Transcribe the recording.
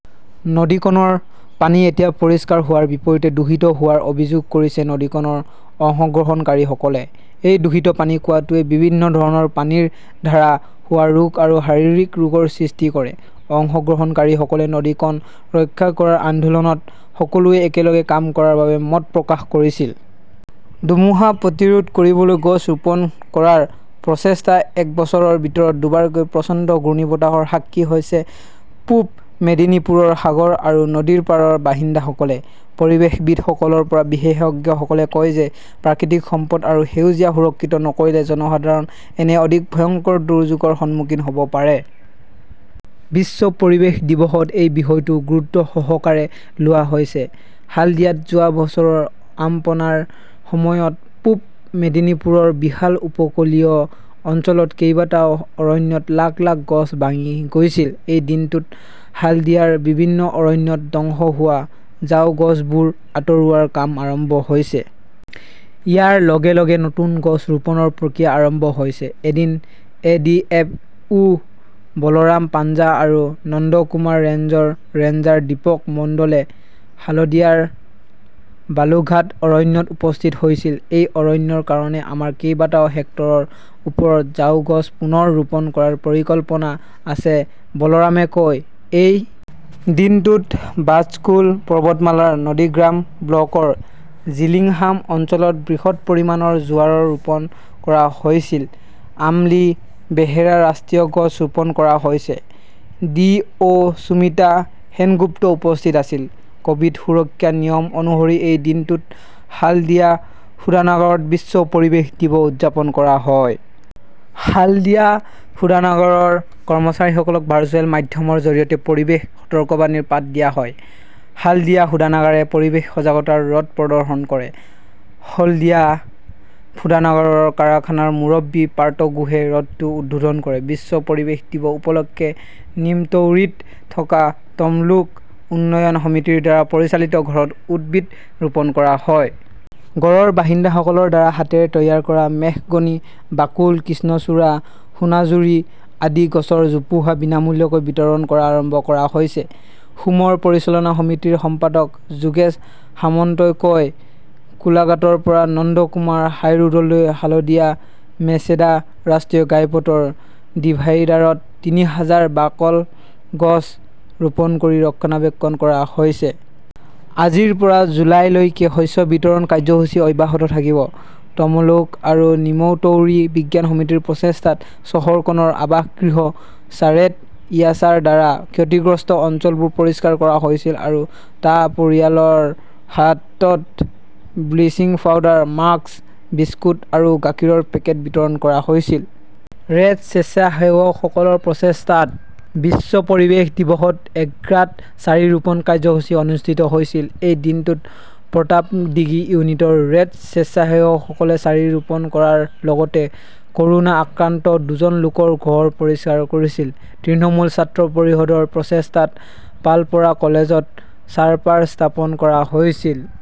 নদীখনৰ পানী এতিয়া পৰিষ্কাৰ হোৱাৰ বিপৰীতে দূষিত হোৱাৰ অভিযোগ কৰিছে নদীখনৰ অংশগ্ৰহণকাৰীসকলে। এই দূষিত পানী খোৱাটোৱে বিভিন্ন ধৰণৰ পানীৰ ধাৰা হোৱা ৰোগ আৰু শাৰীৰিক ৰোগৰ সৃষ্টি কৰে। অংশগ্ৰহণকাৰীসকলে নদীখন ৰক্ষা কৰাৰ আন্দোলনত সকলোৱে একেলগে কাম কৰাৰ বাবে মত প্ৰকাশ কৰিছিল। ধুমুহা প্ৰতিৰোধ কৰিবলৈ গছ ৰোপণ কৰাৰ প্ৰচেষ্টা এক বছৰৰ ভিতৰত দুবাৰকৈ প্ৰচণ্ড ঘূৰ্ণীবতাহৰ সাক্ষী হৈছে পূব মেদিনীপুৰৰ সাগৰ আৰু নদীৰ পাৰৰ বাসিন্দাসকলে। পৰিৱেশবিদসকলৰ পৰা বিশেষজ্ঞসকলে কয় যে প্ৰাকৃতিক সম্পদ আৰু সেউজীয়া সুৰক্ষিত নকৰিলে জনসাধাৰণ এনে অধিক ভয়ংকৰ দুৰ্যোগৰ সন্মুখীন হ'ব পাৰে। বিশ্ব পৰিৱেশ দিৱসত এই বিষয়টো গুৰুত্বসহকাৰে লোৱা হৈছে। হালডিয়াত যোৱা বছৰ আমপানাৰ সময়ত পূব মেদিনীপুৰৰ বিশাল উপকূলীয় অঞ্চলত কেইবাটাও অৰণ্যত লাখ লাখ গছ ভাঙি গৈছিল। এই দিনটোত হালদিয়াৰ বিভিন্ন অৰণ্যত ধ্বংস হোৱা ঝাও গছবোৰ আতৰোৱাৰ কাম আৰম্ভ হৈছে। ইয়াৰ লগে - লগে নতুন গছ ৰোপণৰ প্ৰক্ৰিয়া আৰম্ভ হৈছে। এদিন A. D. F. O. Balaram Panja আৰু নন্দকুমাৰ ৰেঞ্জৰ ৰেঞ্জাৰ দীপক মণ্ডলে হালদিয়াৰ বালুঘাট অৰণ্যত উপস্থিত হৈছিল। এই অৰণ্যৰ কাৰণে আমাৰ কেইবাটাও হেক্টৰৰ ওপৰত ঝাও গছ পুনৰ ৰোপণ কৰাৰ পৰিকল্পনা আছে, বলৰামে কয়। এই দিনটোত বাজকুল পৰ্বতমালাৰ নন্দীগ্ৰাম ব্লকৰ জিলিংহাম অঞ্চলত বৃহৎ পৰিমাণৰ জোৱাৰ ৰোপণ কৰা হৈছিল। আমলী, বেহেৰা ৰাষ্ট্ৰীয় গছ ৰোপণ কৰা হৈছে। ডি. অ.সুমিতা সেনগুপ্ত উপস্থিত আছিল। কভিড সুৰক্ষা নিয়ম অনুসৰি এই দিনটোত হালদিয়া শোধনাগাৰত বিশ্ব পৰিৱেশ দিৱস উদযাপন কৰা হয়। হালদিয়া শোধনাগাৰৰ কৰ্মচাৰীসকলক ভাৰ্চুৱেল মাধ্যমৰ জৰিয়তে পৰিৱেশ সতৰ্কবাণীৰ পাঠ দিয়া হয়। হালদিয়া শোধনাগাৰে পৰিৱেশ সজাগতাৰ ৰথ প্ৰদৰ্শন কৰে। হলদিয়া শোধনাগাৰৰ কাৰখানাৰ মুৰব্বী পাৰ্থ গোহে ৰথটো উদ্বোধন কৰে। বিশ্ব পৰিৱেশ দিৱস উপলক্ষে নিমতৌৰীত থকা তমলুক উন্নয়ন সমিতিৰ দ্বাৰা পৰিচালিত ঘৰত উদ্ভিদ ৰোপণ কৰা হয়। ঘৰৰ বাসিন্দাসকলৰ দ্বাৰা হাতেৰে তৈয়াৰ কৰা মেহগনি, বাকুল, কৃষ্ণচুৰা, সোনাঝুৰি আদি গছৰ জোপোহা বিনামূলীয়াকৈ বিতৰণ কৰা আৰম্ভ কৰা হৈছে। হোমৰ পৰিচালনা সমিতিৰ সম্পাদক যোগেশ সামন্তই কয়, কোলাঘাটৰ পৰা নন্দকুমাৰ হাইৰোডলৈ হালদিয়া মেচেদা ৰাষ্ট্ৰীয় ঘাইপথৰ ডিভাইডাৰত তিনি হাজাৰ বাকল গছ ৰোপণ কৰি ৰক্ষণাবেক্ষণ কৰা হৈছে। আজিৰ পৰা জুলাইলৈকে শস্য বিতৰণ কাৰ্যসূচী অব্যাহত থাকিব। তমলুক আৰু নিমতৌৰী বিজ্ঞান সমিতিৰ প্ৰচেষ্টাত চহৰখনৰ আৱাসগৃহ চাৰেত ইয়াছাৰ দ্বাৰা ক্ষতিগ্ৰস্ত অঞ্চলবোৰ পৰিষ্কাৰ কৰা হৈছিল আৰু টা পৰিয়ালৰ হাতত ব্লিচিং পাউডাৰ, মাস্ক, বিস্কুট আৰু গাখীৰৰ পেকেট বিতৰণ কৰা হৈছিল। ৰেড স্বেচ্ছাসেৱকসকলৰ প্ৰচেষ্টাত বিশ্ব পৰিৱেশ দিৱসত এগ্ৰাত চাৰি ৰোপণ কাৰ্যসূচী অনুষ্ঠিত হৈছিল। এই দিনটোত প্ৰতাপদিঘি ইউনিটৰ ৰেড স্বেচ্ছাসেৱকসকলে চাৰি ৰোপণ কৰাৰ লগতে কৰোনা আক্ৰান্ত দুজন লোকৰ ঘৰ পৰিষ্কাৰ কৰিছিল। তৃণমূল ছাত্ৰ পৰিষদৰ প্ৰচেষ্টাত পালপাৰা কলেজত চাৰপাৰ স্থাপন কৰা হৈছিল।